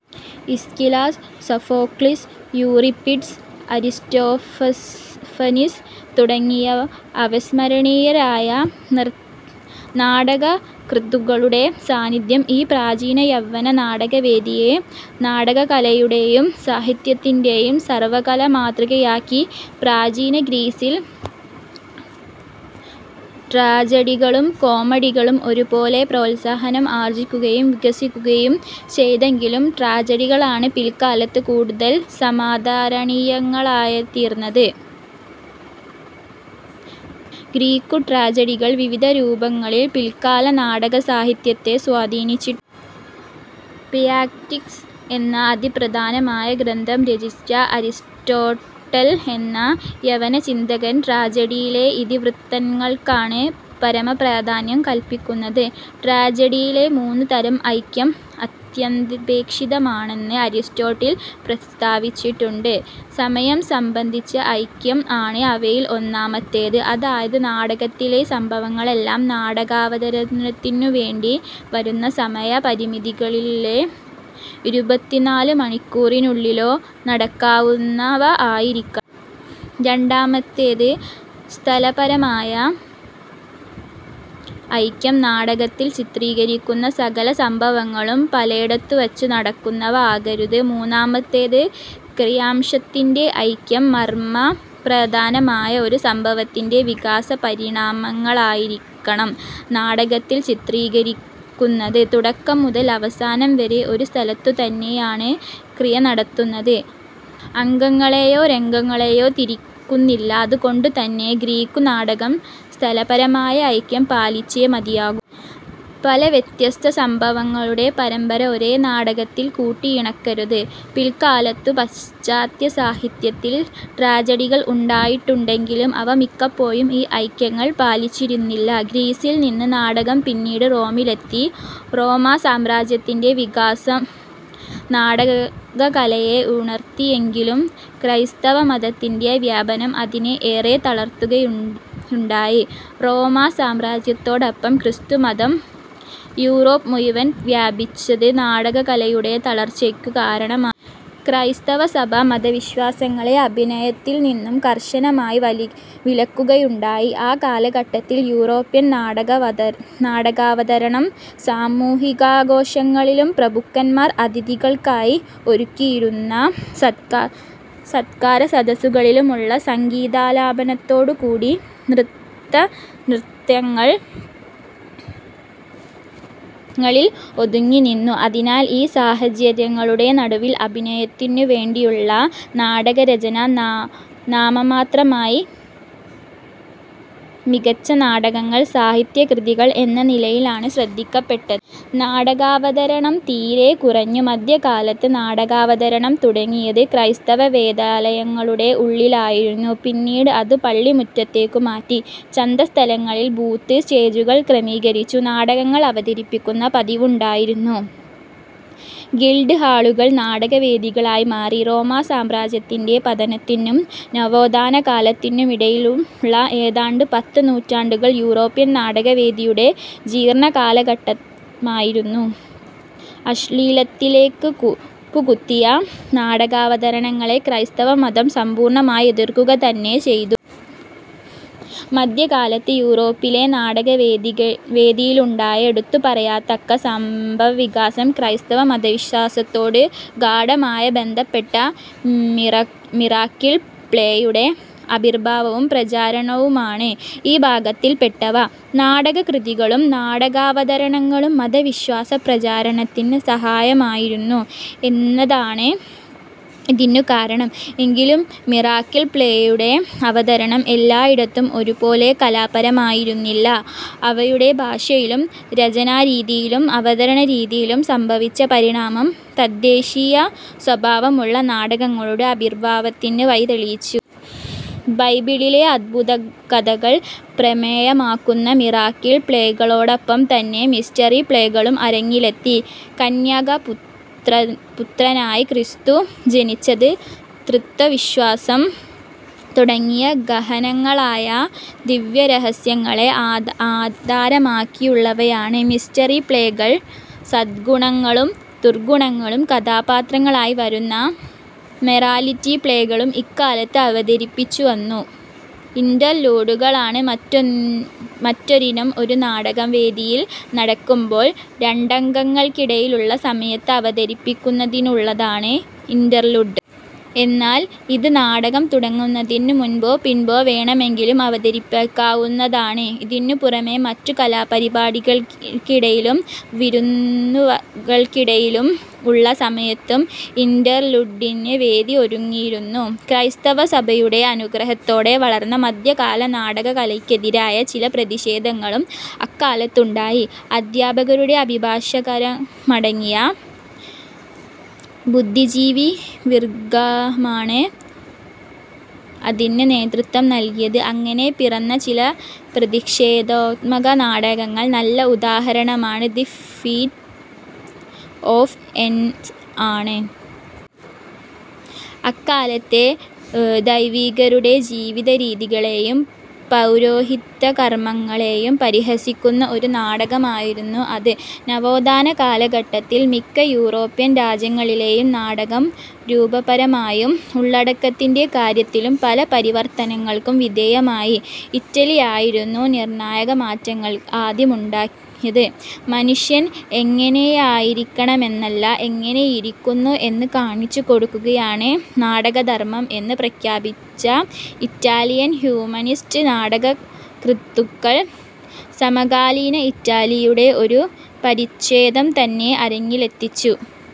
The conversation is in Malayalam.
ഈസ്കിലസ്, സോഫോക്ളീസ്, യൂറിപ്പിഡിസ്, അരിസ്റ്റോഫനിസ് തുടങ്ങിയ അവിസ്മരണീയരായ നാടകകൃത്തുക്കളുടെ സാന്നിധ്യം ഈ പ്രാചീന യവന നാടകവേദിയെ നാടകകലയുടെയും സാഹിത്യത്തിൻ്റെയും സർവകാലമാതൃകയാക്കി. പ്രാചീന ഗ്രീസിൽ ട്രാജഡികളും കോമഡികളും ഒരുപോലെ പ്രോത്സാഹനം ആർജിക്കുകയും വികസിക്കുകയും ചെയ്തെങ്കിലും ട്രാജഡികളാണ് പില്ക്കാലത്ത് കൂടുതൽ സമാദരണീയങ്ങളായിത്തീർന്നത്. ഗ്രീക്കുട്രാജഡികൾ വിവിധ രൂപങ്ങളിൽ പില്ക്കാല നാടകസാഹിത്യത്തെ സ്വാധീനിച്ചിട്ടുണ്ട്. പൊയറ്റിക്സ് എന്ന അതിപ്രധാനമായ ഗ്രന്ഥം രചിച്ച അരിസ്റ്റോട്ടൽ എന്ന യവനചിന്തകൻ ട്രാജഡിയിലെ ഇതിവൃത്തങ്ങൾക്കാണ് പരമപ്രാധാന്യം കല്പിക്കുന്നത്. ട്രാജഡിയിലെ മൂന്നുതരം ഐക്യം അത്യന്താപേക്ഷിതമാണെന്ന് അരിസ്റ്റോട്ടിൽ പ്രസ്താവിച്ചിട്ടുണ്ട്. സമയം സംബന്ധിച്ച ഐക്യം ആണ് അവയിൽ ഒന്നാമത്തേത്. അതായത് നാടകത്തിലെ സംഭവങ്ങളെല്ലാം നാടകാവതരണത്തിനുവേണ്ടി വരുന്ന സമയപരിധിക്കുള്ളിലോ ഇരുപത്തിനാലുമണിക്കൂറിനുള്ളിലോ നടക്കുന്നവ ആയിരിക്കണം. രണ്ടാമത്തേത് സ്ഥലപരമായ ഐക്യം. നാടകത്തിൽ ചിത്രീകരിക്കുന്ന സകല സംഭവങ്ങളും പലേടത്തുവച്ച് നടക്കുന്നവ ആകരുത്. മുന്നാമത്തേത് ക്രിയാംശത്തിൻ്റെ ഐക്യം മർമപ്രധാനമായ ഒരു സംഭവത്തിൻ്റെ വികാസപരിണാമങ്ങളായിരിക്കണം നാടകത്തിൽ ചിത്രീകരിക്കുന്നത്. തുടക്കം മുതൽ അവസാനം വരെ ഒരു സ്ഥലത്തുതന്നെയാണ് ക്രിയ നടക്കുന്നത്. അങ്കങ്ങളായോ രംഗങ്ങളായോ തിരിക്കുന്നില്ല. അതുകൊണ്ടുതന്നെ ഗ്രീക്കുനാടകം സ്ഥലപരമായ ഐക്യം പാലിച്ചേ മതിയാകൂ. പല വ്യത്യസ്ത സംഭവങ്ങളുടെ പരമ്പര ഒരേ നാടകത്തിൽ കൂട്ടിയിണക്കരുത്. പില്ക്കാലത്തും പാശ്ചാത്യസാഹിത്യത്തിൽ ട്രാജഡികൾ ഉണ്ടായിട്ടുണ്ടെങ്കിലും അവ മിക്കപ്പോഴും ഈ ഐക്യങ്ങൾ പാലിച്ചിരുന്നില്ല. ഗ്രീസിൽ നിന്ന് നാടകം പിന്നീട് റോമിലെത്തി, റോമാസാമ്രാജ്യത്തിൻ്റെ വികാസം നാടകകലയെ ഉണർത്തിയെങ്കിലും ക്രൈസ്തവമതത്തിൻ്റെ വ്യാപനം അതിനെ ഏറെ തളർത്തുകയുണ്ടായി. റോമാ സാമ്രാജ്യത്തോടൊപ്പം ക്രിസ്തുമതം യുറോപ്പ് മുഴുവൻ വ്യാപിച്ചത് നാടകകലയുടെ തളർച്ചയ്ക്കു കാരണമായിത്തീർന്നു. ക്രൈസ്തവസഭ മതവിശ്വാസികളെ അഭിനയത്തിൽ നിന്നു കർശനമായി വിലക്കുകയുണ്ടായി. ആ കാലഘട്ടത്തിലെ യൂറോപ്യൻ നാടകാവതരണം സാമൂഹികാഘോഷങ്ങളിലും പ്രഭുക്കന്മാർ അതിഥികൾക്കായി ഒരുക്കിയിരുന്ന സത്കാരസദസ്സുകളിലുമുള്ള സംഗീതാലാപനത്തോടു കൂടിയ നൃത്തനൃത്യങ്ങളിൽ ഒതുങ്ങിനിന്നു. അതിനാൽ ഈ സാഹചര്യങ്ങളുടെ നടുവിൽ അഭിനയത്തിനുവേണ്ടിയുള്ള നാടകരചന നാമമാത്രമായി. മികച്ച നാടകങ്ങൾ സാഹിത്യ കൃതികൾ എന്ന നിലയിലാണ് ശ്രദ്ധിക്കപ്പെട്ടത്. നാടകാവതരണം തീരെ കുറഞ്ഞു. മധ്യകാലത്ത് നാടകാവതരണം തുടങ്ങിയത് ക്രൈസ്തവദേവാലയങ്ങളുടെ ഉള്ളിലായിരുന്നു. പിന്നീട് അതു പള്ളിമുറ്റത്തേക്കു മാറി. ചന്തസ്ഥലങ്ങളിൽ ബൂത്ത് സ്റ്റേജുകൾ ക്രമീകരിച്ച് നാടകങ്ങൾ അവതരിപ്പിക്കുന്ന പതിവുമുണ്ടായിരുന്നു. ഗിൽഡ് ഹാളുകളും നാടകവേദികളായി മാറി. റോമാസാമ്രാജ്യത്തിൻ്റെ പതനത്തിനും നവോത്ഥാനകാലത്തിനുമിടയിലുള്ള ഏതാണ്ട് പത്ത് നൂറ്റാണ്ടുകൾ യൂറോപ്യൻ നാടകവേദിയുടെ ജീർണകാലഘട്ടമായിരുന്നു. അശ്ളീലത്തിലേക്ക് കൂപ്പുകുത്തിയ നാടകാവതരണങ്ങളെ ക്രൈസ്തവമതം സമ്പൂർണമായി എതിർക്കുകതന്നെ ചെയ്തു. മധ്യകാലത്ത് യുറോപ്പിലെ നാടകവേദിയിലുണ്ടായ എടുത്തുപറയത്തക്ക സംഭവവികാസം ക്രൈസ്തവ മതവിശ്വാസത്തോട് ഗാഢമായി ബന്ധപ്പെട്ട 'മിറക്കിൾ പ്ലേ'യുടെ ആവിർഭാവവും പ്രചാരവുമാണ്. ഈ വിഭാഗത്തിൽപ്പെടുന്ന നാടകകൃതികളും നാടകാവതരണങ്ങളും മതവിശ്വാസപ്രചാരണത്തിന് സഹായകമായിരുന്നു എന്നതാണ് ഇതിനു കാരണം. എങ്കിലും മിറക്കിൾ പ്ലേയുടെ അവതരണം എല്ലായിടത്തും ഒരുപോലെ കലാപരമായിരുന്നില്ല. അവയുടെ ഭാഷയിലും രചനാരീതിയിലും അവതരണരീതിയിലും സംഭവിച്ച പരിണാമം സർ ദേശീയസ്വഭാവമുള്ള നാടകങ്ങളുടെ ആവിർഭാവത്തിന് വഴിതെളിച്ചു. ബൈബിളിലെ അത്ഭുതകഥകൾ പ്രമേയമാക്കുന്ന മിറക്കിൾ പ്ലേകളോടൊപ്പംതന്നെ മിസ്റ്ററി പ്ലേകളും അരങ്ങിലെത്തി. കന്യകാപുത്രനായി ക്രിസ്തു ജനിച്ചത്, ത്രിത്വ വിശ്വാസം തുടങ്ങിയ ഗഹനങ്ങളായ ദിവ്യരഹസ്യങ്ങളെ ആധാരമാക്കിയുള്ളവയാണ് മിസ്റ്ററി പ്ലേകൾ. സദ്ഗുണങ്ങളും ദുർഗുണങ്ങളും കഥാപാത്രങ്ങളായി വരുന്ന മൊറാലിറ്റി പ്ലേകളും ഇക്കാലത്ത് അവതരിപ്പിച്ചു വന്നു. ഇന്റർലൂഡുകളാണ് മറ്റൊരിനം. ഒരു നാടകം വേദിയിൽ നടക്കുമ്പോൾ രണ്ടങ്കങ്ങൾക്കിടയിലുള്ള സമയത്ത് അവതരിപ്പിക്കുന്നതിനുള്ളതാണ് ഇന്റർലൂഡ്. എന്നാൽ ഇത് നാടകം തുടങ്ങുന്നതിനുമുമ്പോ പിമ്പോ വേണമെങ്കിലും അവതരിപ്പിക്കാവുന്നതാണ്. ഇതിനുപുറമേ മറ്റു കലാപരിപാടികൾക്കിടയിലും വിരുന്നുകൾക്കിടയിലും ഉള്ള സമയത്തും ഇന്റർലൂഡിന് വേദി ഒരുങ്ങിയിരുന്നു. ക്രൈസ്തവസഭയുടെ അനുഗ്രഹത്തോടെ വളർന്ന മധ്യകാല നാടകകലയ്ക്കെതിരായ ചില പ്രതിഷേധങ്ങളും അക്കാലത്തുണ്ടായി. അധ്യാപകരും അഭിഭാഷകരുമടങ്ങിയ ബുദ്ധിജീവിവർഗമാണ് അതിന് നേതൃത്വം നല്കിയത്. അങ്ങനെ പിറന്ന ചില പ്രതിഷേധാത്മക നാടകങ്ങൾക്ക് നല്ല ഉദാഹരണമാണ് the feast of an ass. അക്കാലത്തെ വൈദികരുടെ ജീവിതരീതികളെയും പൗരോഹിത്യകർമങ്ങളെയും പരിഹസിക്കുന്ന ഒരു നാടകമായിരുന്നു അത്. നവോത്ഥാനകാലഘട്ടത്തിൽ മിക്ക യൂറോപ്യൻ രാജ്യങ്ങളിലെയും നാടകം രൂപപരമായും ഉള്ളടക്കത്തിൻ്റെ കാര്യത്തിലും പല പരിവർത്തനങ്ങൾക്കും വിധേയമായി. ഇറ്റലിയിലായിരുന്നു നിർണായകമാറ്റങ്ങൾ ആദ്യമുണ്ടായത്. മനുഷ്യൻ എങ്ങനെയായിരിക്കണമെന്നല്ല എങ്ങനെയിരിക്കുന്നു എന്ന് കാണിച്ചുകൊടുക്കുകയാണ് നാടകധർമം എന്ന് പ്രഖ്യാപിച്ച ഇറ്റാലിയൻ ഹ്യൂമനിസ്റ്റ് നാടകകൃത്തുക്കൾ സമകാലീന ഇറ്റലിയുടെ ഒരു പരിഛേദംതന്നെ അരങ്ങിലെത്തിച്ചു.